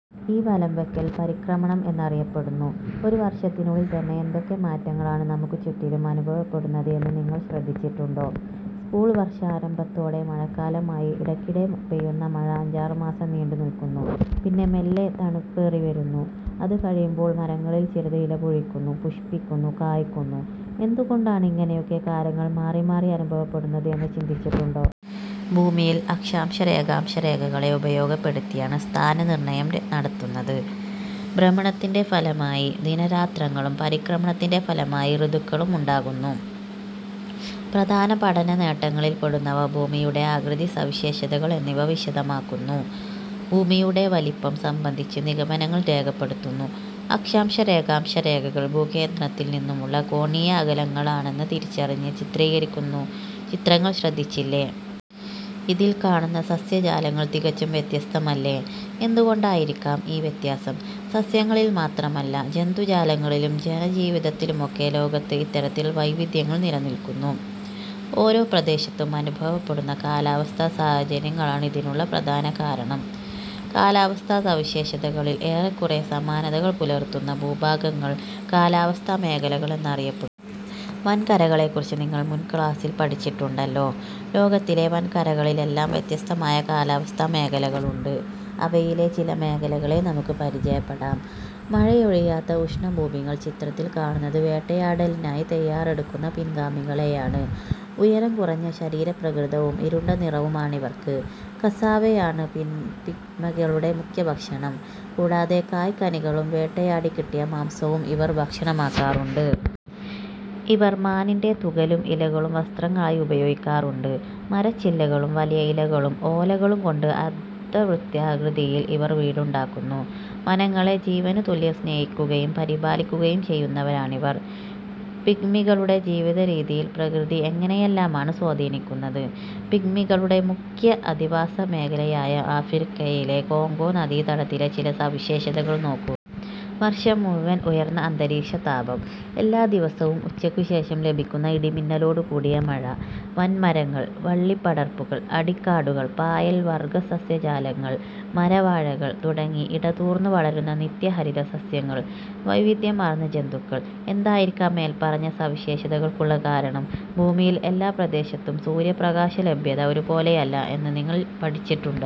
ഈ വലംവയ്ക്കൽ പരിക്രമണം എന്ന് അറിയപ്പെടുന്നു. ഒരു വർഷത്തിനുള്ളിൽ തന്നെ എന്തൊക്കെ മാറ്റങ്ങളാണ് നമുക്കുചുറ്റിലും അനുഭവപ്പെടുന്നത് എന്ന് നിങ്ങൾ ശ്രദ്ധിച്ചിട്ടുണ്ടോ? സ്കൂൾ വർഷാരംഭത്തോടെ മഴക്കാലമായി. ഇടയ്ക്കിടെ പെയ്യുന്ന മഴ അഞ്ചാറുമാസം നീണ്ടുനിൽക്കുന്നു. പിന്നെ മെല്ലെ തണുപ്പേറിവരുന്നു. അതുകഴിയുമ്പോൾ മരങ്ങളിൽ ചിലത് ഇലപൊഴിക്കുന്നു... പുഷ്പിക്കുന്നു.... കായ്ക്കുന്നു.... എന്തുകൊണ്ടാണ് ഇങ്ങനെയൊക്കെ കാലങ്ങൾ മാറിമാറി അനുഭവപ്പെടുന്നത് എന്ന് ചിന്തിച്ചിട്ടുണ്ടോ? ഭൂമിയിൽ അക്ഷാംശ-രേഖാംശരേഖകളെ ഉപയോഗപ്പെടുത്തിയാണ് സ്ഥാനനിർണ്ണയം നടത്തുന്നത്. ഭ്രമണത്തിന്റെ ഫലമായി ദിനരാത്രങ്ങളും പരിക്രമണത്തിന്റെ ഫലമായി ഋതുക്കളും ഉണ്ടാകുന്നു. പ്രധാന പഠനനേട്ടങ്ങളിൽപ്പെടുന്നവ ഭൂമിയുടെ ആകൃതി, സവിശേഷതകൾ എന്നിവ വിശദമാക്കുന്നു. ഭൂമിയുടെ വലിപ്പം സംബന്ധിച്ച് നിഗമനങ്ങൾ രൂപപ്പെടുത്തുന്നു. അക്ഷാംശ-രേഖാംശ രേഖകൾ ഭൂകേന്ദ്രത്തിൽ നിന്നുമുള്ള കോണീയ അകലങ്ങളാണെന്ന് തിരിച്ചറിഞ്ഞ് ചിത്രീകരിക്കുന്നു ചിത്രങ്ങൾ ശ്രദ്ധിച്ചില്ലേ. ഇതിൽ കാണുന്ന സസ്യജാലങ്ങൾ തികച്ചും വ്യത്യസ്തമല്ലേ. എന്തുകൊണ്ടായിരിക്കാം ഈ വ്യത്യാസം? സസ്യങ്ങളിൽ മാത്രമല്ല, ജന്തുജാലങ്ങളിലും ജനജീവിതത്തിലുമൊക്കെ ലോകത്ത് ഇത്തരത്തിൽ വൈവിധ്യങ്ങൾ നിലനിൽക്കുന്നു. ഓരോ പ്രദേശത്തും അനുഭവപ്പെടുന്ന കാലാവസ്ഥാ സാഹചര്യങ്ങളാണ് ഇതിനുള്ള പ്രധാന കാരണം. കാലാവസ്ഥാ സവിശേഷതകളിൽ ഏറെക്കുറെ സമാനതകൾ പുലർത്തുന്ന ഭൂഭാഗങ്ങൾ കാലാവസ്ഥാ മേഖലകൾ എന്ന് അറിയപ്പെടുന്നു. വൻകരകളെക്കുറിച്ച് നിങ്ങൾ മുൻ ക്ലാസ്സിൽ പഠിച്ചിട്ടുണ്ടല്ലോ. ലോകത്തിലെ വൻകരകളിലെല്ലാം വ്യത്യസ്തമായ കാലാവസ്ഥാ മേഖലകളുണ്ട്. അവയിലെ ചില മേഖലകളെ നമുക്ക് പരിചയപ്പെടാം. മഴയൊഴിയാത്ത ഉഷ്ണഭൂമികൾ ചിത്രത്തിൽ കാണുന്നത് വേട്ടയാടലിനായി തയ്യാറെടുക്കുന്ന പിഗ്മികളെയാണ്. ഉയരം കുറഞ്ഞ ശരീരപ്രകൃതവും ഇരുണ്ട നിറവുമാണിവർക്ക്. കസാവ യാണ് പിഗ്മികളുടെ മുഖ്യ ഭക്ഷണം. കൂടാതെ കായ്കനികളും വേട്ടയാടിക്കിട്ടിയ മാംസവും ഇവർ ഭക്ഷണമാക്കാറുണ്ട്. ഇവർ മാനിന്റെ തുകലും ഇലകളും വസ്ത്രങ്ങളായി ഉപയോഗിക്കാറുണ്ട്. മരച്ചില്ലകളും വലിയ ഇലകളും ഓലകളും കൊണ്ട് അർദ്ധവൃത്താകൃതിയിൽ ഇവർ വീടുണ്ടാക്കുന്നു. വനങ്ങളെ ജീവനുതുല്യം സ്നേഹിക്കുകയും പരിപാലിക്കുകയും ചെയ്യുന്നവരാണിവർ. പിഗ്മികളുടെ ജീവിതരീതിയിൽ പ്രകൃതി എങ്ങനെയെല്ലാമാണ് സ്വാധീനിക്കുന്നത്? പിഗ്മികളുടെ മുഖ്യ അധിവാസ മേഖലയായ ആഫ്രിക്കയിലെ കോംഗോ നദീതടത്തിലെ ചില സവിശേഷതകൾ നോക്കൂ. വർഷം മുഴുവൻ ഉയർന്ന അന്തരീക്ഷതാപം, എല്ലാ ദിവസവും ഉച്ചയ്ക്കുശേഷം ലഭിക്കുന്ന ഇടിമിന്നലോടുകൂടിയ മഴ. വൻമരങ്ങൾ, വള്ളിപ്പടർപ്പുകൾ, അടിക്കാടുകൾ, പായൽ വർഗ്ഗ സസ്യജാലങ്ങൾ, മരവാഴകൾ തുടങ്ങി ഇടതൂർന്ന് വളരുന്ന നിത്യഹരിത സസ്യങ്ങൾ. വൈവിധ്യമാർന്ന ജന്തുക്കൾ. എന്തായിരിക്കാം മേൽപ്പറഞ്ഞ സവിശേഷതകൾക്കുള്ള കാരണം? ഭൂമിയിൽ എല്ലാ പ്രദേശത്തും സൂര്യപ്രകാശലഭ്യത ഒരു പോലെയല്ല എന്ന് നിങ്ങൾ പഠിച്ചിട്ടുണ്ടല്ലോ.